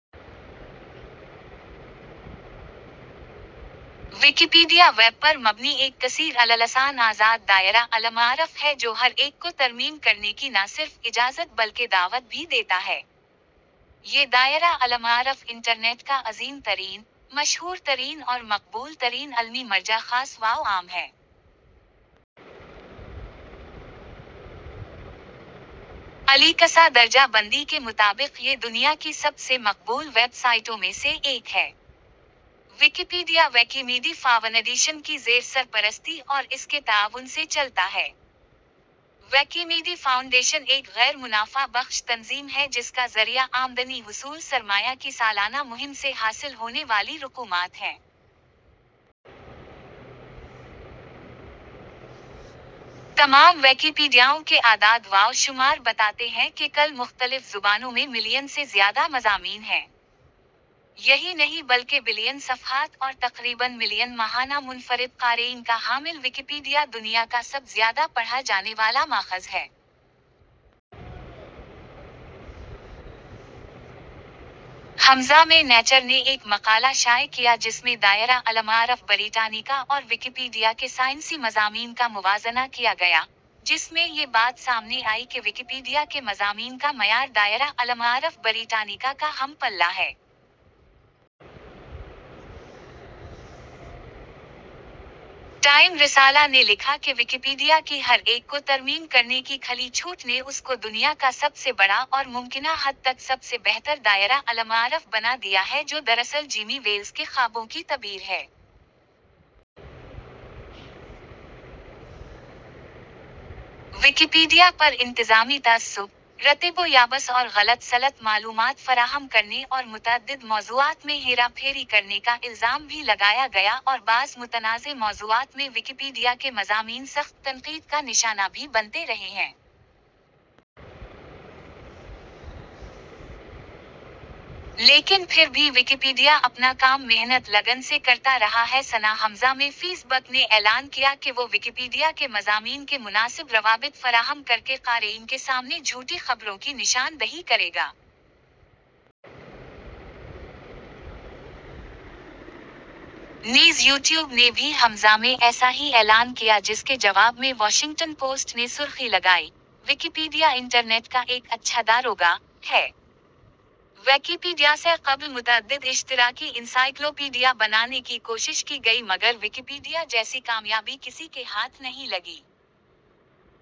Wikipedia web پر مبنی ایک کثیر اللسان آزاد دائرۃ المعارف ہے جو ہر ایک کو ترمیم کرنے کی نہ صرف اجازت بلکہ دعوت بھی دیتا ہے۔ یہ دائرۃ المعارف انٹرنیٹ کا عظیم ترین، مشہور ترین اور مقبول ترین علمی مرجع خاص و عام ہے۔ الیکسا درجہ بندی کے مطابق یہ دنیا کی سب سے مقبول ویب سائٹوں میں سے ایک ہے۔ ویکیپیڈیا ویکیمیڈیا فاونڈیشن کی زیر سرپرستی اور اس کے تعاون سے چلتا ہے۔ ویکیمیڈیا فاؤنڈیشن ایک غیر منافع بخش تنظیم ہے جس کا ذریعہ آمدنی حصول سرمایہ کی سالانہ مہم سے حاصل ہونے والی رقومات ہیں۔ تمام ویکیپیڈیاؤں کے اعداد و شمار بتاتے ہیں کہ کل مختلف زبانوں میں ملین سے زیادہ مضامین ہیں۔ یہی نہیں بلکہ بلین صفحات اور تقریباً ملین ماہانہ منفرد قارئین کا حامل ویکیپیڈیا دنیا کا سب زیادہ پڑھا جانے والا ماخذ ہے۔ ء میں نیچر نے ایک مقالہ شائع کیا جس میں دائرۃ المعارف بریٹانیکا اور ویکیپیڈیا کے سائنسی مضامین کا موازنہ کیا گیا، جس میں یہ بات سامنے آئی کہ ویکیپیڈیا کے مضامین کا معیار دائرۃ المعارف بریٹانیکا کا ہم پلہ ہے۔ ٹائم رسالہ نے لکھا کہ ویکیپیڈیا کی ہر ایک کو ترمیم کرنے کی کھلی چھوٹ نے اس کو دنیا کا سب سے بڑا اور ممکنہ حد تک سب سے بہتر دائرۃ المعارف بنا دیا ہے جو دراصل جیمی ویلز کے خوابوں کی تعبیر ہے۔ ویکیپیڈیا پر انتظامی تعصب، رطب و یابس اور غلط سلط معلومات فراہم کرنے اور متعدد موضوعات میں ہیرا پھیری کرنے کا الزام بھی لگایا گیا اور بعض متنازع موضوعات میں ویکیپیڈیا کے مضامین سخت تنقید کا نشانہ بھی بنتے رہے ہیں۔ لیکن پھر بھی ویکیپیڈیا اپنا کام محنت لگن سے کرتا رہا ہے سنہ ء میں فیس بک نے اعلان کیا کہ وہ ویکیپیڈیا کے مضامین کے مناسب روابط فراہم کرکے قارئین کے سامنے جھوٹی خبروں کی نشان دہی کرے گا۔ نیز یوٹیوب نے بھی ء میں ایسا ہی اعلان کیا جس کے جواب میں واشنگٹن پوسٹ نے سرخی لگائی، "ویکیپیڈیا انٹرنیٹ کا ایک اچھا داروغہ" ہے۔ ۔ ویکیپیڈیاسے قبل متعدد اشتراکی انسائکلوپیڈیا بنانے کی کوشش کی گئی مگر ویکیپیڈیا جیسی کامیابی کسی کے ہاتھ نہیں لگی۔